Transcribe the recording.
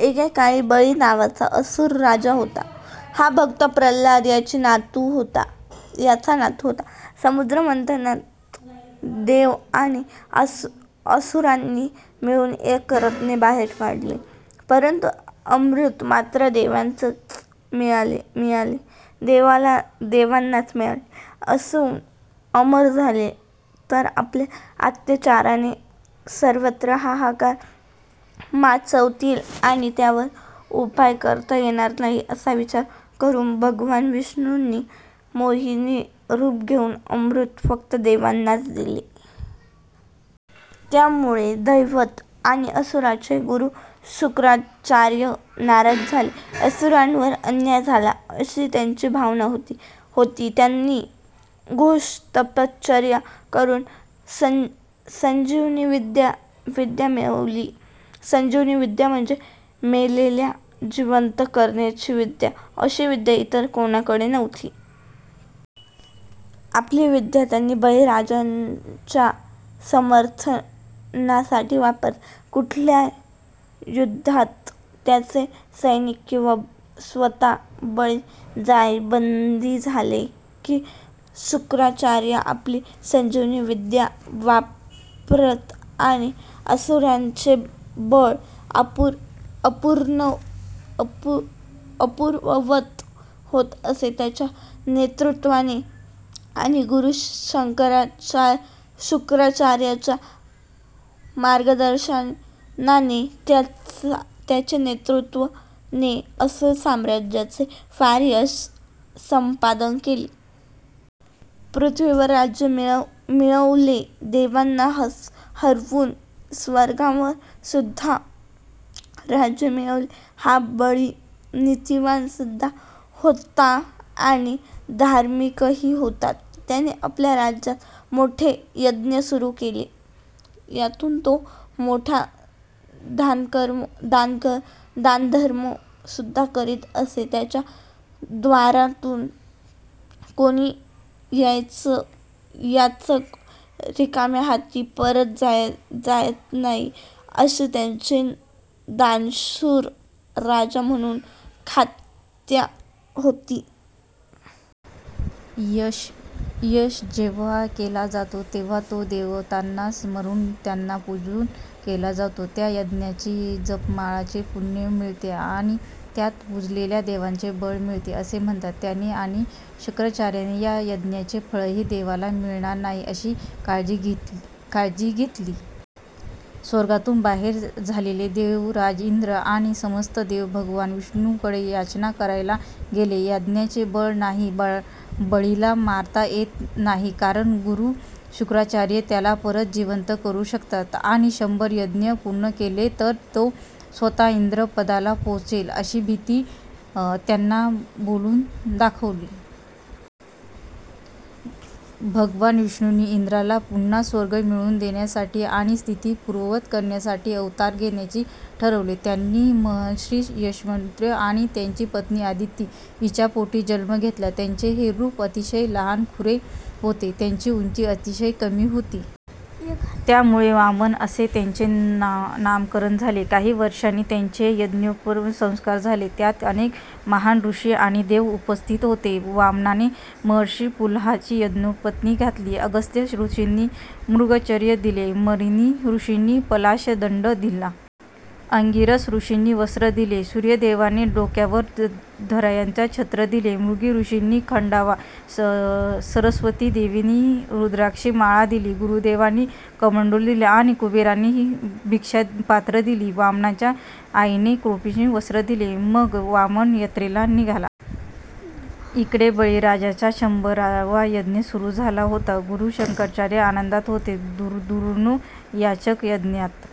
एके काळी बळी नावाचा असुर राजा होता. हा भक्त प्रल्हाद याचा नातु होता. समुद्र मंथनात देव आणि असुरांनी मिळुन अनेक रत्ने बाहेर काढली, परंतु अमृत मात्र देवांनाच मिळाले. असुर अमर झाले तर आपल्या अत्याचाराने सर्वत्र हाहाकार माचवतील आणि त्यावर उपाय करता येणार नाही असा विचार करून भगवान विष्णूंनी मोहिनी रूप घेऊन अमृत फक्त देवांनाच दिले. यामुळे दैत्य आणि असुरांचे गुरु शुक्राचार्य नाराज झाले. असुरांवर अन्याय झाला अशी त्यांची भावना होती. त्यांनी घोर तपश्चर्या करून संजीवनी विद्या मिळवली. संजीवनी विद्या म्हणजे मेलेल्याला जिवंत करण्याची विद्या. अशी विद्या इतर कोणाकडे नव्हती. आपली विद्या त्यांनी बळी राजाच्या समर्थनासाठी वापरली. कुठल्याही युद्धात त्यांचे सैनिक किंवा स्वतः बळी जायबंदी झाले कि शुक्राचार्य आपली संजीवनी विद्या वापरत आणि असुरांचे बळ पूर्ववत होत असे. त्याच्या नेतृत्वाने आणि गुरु शुक्राचार्यांच्या मार्गदर्शनाने त्याच्या नेतृत्वाने असुर साम्राज्याने फार यश संपादन केले. पृथ्वीवर राज्य मिळवले, देवांना हरवुन स्वर्गावरसुद्धा राज्य मिळवले. हा बळी नीतिवान सुद्धा होता आणि धार्मिकही होता. त्याने आपल्या राज्यात मोठे यज्ञ सुरु केले. यातुन तो मोठा दानधर्म सुद्धा करीत असे. त्याच्या द्वारातुन कोणी याचक रिकाम्या हाती परत जात नाही अशी त्याची दानशूर राजा म्हणुन ख्याती होती. यज्ञ जेव्हा केला जातो तेव्हा तो देवतांना स्मरून त्यांना पुजून केला जातो. त्या यज्ञाचे यजमानाला पुण्य मिळते आणि त्यात पुजलेल्या देवतांना बळ मिळते असे म्हणतात. त्याने आणि शुक्राचार्याने या यज्ञाचे फळही देवांना मिळणार नाही अशी काळजी घेतली. स्वर्गातुन बाहेर झालेले देवराज इंद्र आणि समस्त देव भगवान विष्णूंकडे याचना करायला गेले. यज्ञाचे बळ नाही, बळीला मारता येत नाही कारण गुरु शुक्राचार्य त्याला परत जिवंत करू शकतात आणि शंभर यज्ञ पूर्ण केले तर तो स्वतः इंद्रपदाला पोहचेल अशी भीती त्यांनी बोलुन दाखवली. भगवान विष्णूंनी इंद्राला पुन्हा स्वर्ग मिळवुन देण्यासाठी आणि स्थिती पूर्ववत करण्यासाठी अवतार घेण्याचे ठरवले. त्यांनी महर्षी कश्यप आणि त्यांची पत्नी अदिती हिच्या पोटी जन्म घेतला. त्यांचे हे रूप अतिशय लहानखुरे होते. त्यांची उंची अतिशय कमी होती. त्यामुळे वामन असे त्यांचे नामकरण झाले. काही वर्षात त्यांचे यज्ञोपवीत संस्कार झाले. त्यात अनेक महान ऋषी आणि देव उपस्थित होते. वामनाला महर्षी पुलहांनी यज्ञोपवीत घातले. अगस्त्य ऋषींनी मृगचर्म दिले. मरीची ऋषींनी पलाश दंड दिला. अंगिरस ऋषींनी वस्त्र दिले. सूर्यदेवाने डोक्यावर धरायला छत्र दिले. भृगु ऋषींनी खडावा, सरस्वती देवीने रुद्राक्षाची माळ दिली. गुरुदेवांनी कमंडलु दिला आणि कुबेराने भिक्षा पात्र दिले. वामनाच्या आईने कौपिन वस्त्र दिले. मग वामन यात्रेला निघाला. इकडे बळीराजाचा शंभरावा यज्ञ सुरु झाला होता. गुरु शुक्राचार्य आनंदात होते. दूरदूरन याचक यज्ञात